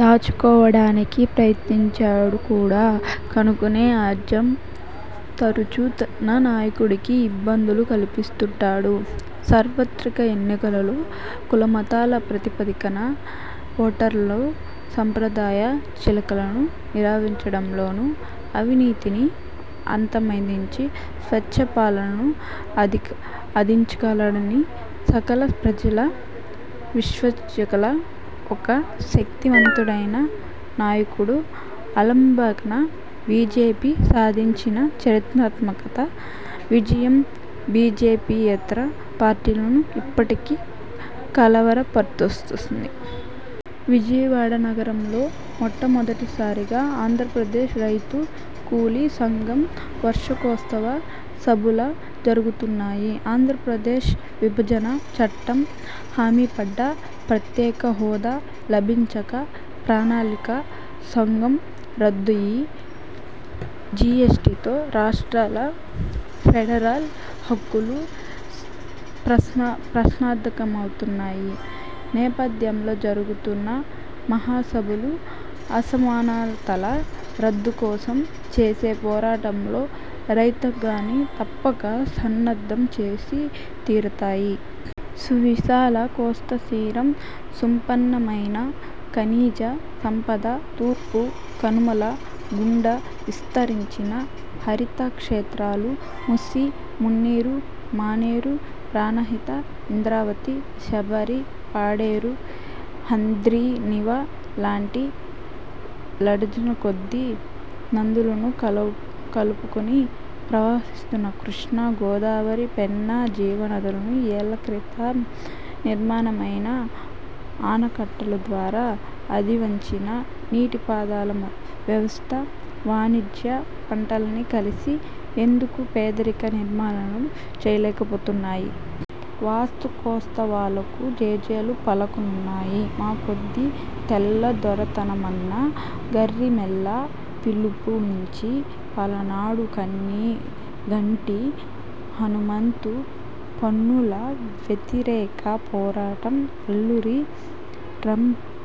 దాచుకోవడానికి ప్రయత్నించడు కూడా. కనుకనే అజమ్ తరచూ తన నాయకుడికి ఇబ్బందులు కల్పిస్తుంటాడు. సార్వత్రక ఎన్నికలలో, కులమతాల ప్రాతిపదికన ఓటర్లలో సంప్రదాయ చీలికలను నివారించడంలోనూ, అవినీతిని అంతమొందించి, స్వచ్ఛ పాలనను అందించగలడని సకల ప్రజలు విశ్వసించగల ఒక శక్తిమంతుడైన నాయకుడు ఆలంబనగా బీజేపీ సాధించిన చరిత్రాత్మక విజయం బీజేపీయేతర పార్టీలను ఇప్పటికీ కలవరపరుస్తోంది. విజయవాడ నగరంలో, మొట్టమొదటిసారిగా ఆంధ్రప్రదేశ్ రైతు-కూలి సంఘం వార్షికోత్సవ సభలు జరుగుతున్నాయి. ఆంధ్రప్రదేశ్ విభజన చట్టం హామీపడ్డ ప్రత్యేకహోదా లభించక, ప్రణాళికా సంఘం రద్దయి, జీఎస్టీతో రాష్ట్రాల ఫెడరల్ హక్కులు ప్రశ్నార్థకమవుతున్న నేపథ్యంలో జరుగుతున్న మహాసభలు అసమానతల రద్దుకోసం చేసే పోరాటంలో రైతాంగాన్నీ తప్పక సన్నద్ధం చేసి తీరుతాయి. సువిశాల కోస్తాతీరం, సుసంపన్నమైన ఖనిజ సంపద, తూర్పు కనుమల గుండా విస్తరించిన హరిత క్షేత్రాలు, మూసీ, మున్నేరు, మానేరు, ప్రాణహిత, ఇంద్రావతి, శబరి, పాడేరు, హంద్రీనీవా లాంటి డజన్లకొద్దీ నదులను కలుపుకుని ప్రవహిస్తున్న కృష్ణా-–గోదావరి, పెన్నా జీవనదులు, యేళ్ళ క్రితం నిర్మాణమైన ఆనకట్టల ద్వారా అందివచ్చిన నీటిపారుదల వ్యవస్థ, వాణిజ్య పంటలన్నీ కలిసి ఎందుకు పేదరిక నిర్మూలన చేయలేకపోతున్నాయి? వార్షికోత్సవాలకు జేజేలు పలకనున్నాయి. మాకొద్దీ తెల్లదొరతనమన్న గరిమెళ్ళ పిలుపు నుంచి, పలనాడు కన్నెగంటి హనుమంతు పన్నుల వ్యతిరేక పోరాటం, అల్లూరి రంప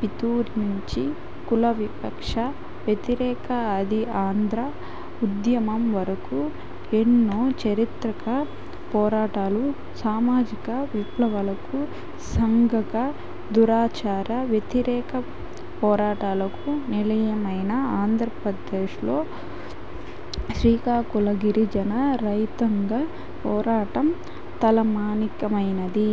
పితూరి నుంచి కులవివక్ష వ్యతిరేక ఆదిఆంధ్ర ఉద్యమం వరకు ఎన్నో చారిత్రక పోరాటాలకు, సామాజిక విప్లవాలకు, సాంఘిక దురాచార వ్యతిరేక పోరాటాలకు నిలయమైన ఆంధ్రప్రదేశ్లో శ్రీకాకుళ గిరిజన రైతాంగ పోరాటం తలమానికమైనది.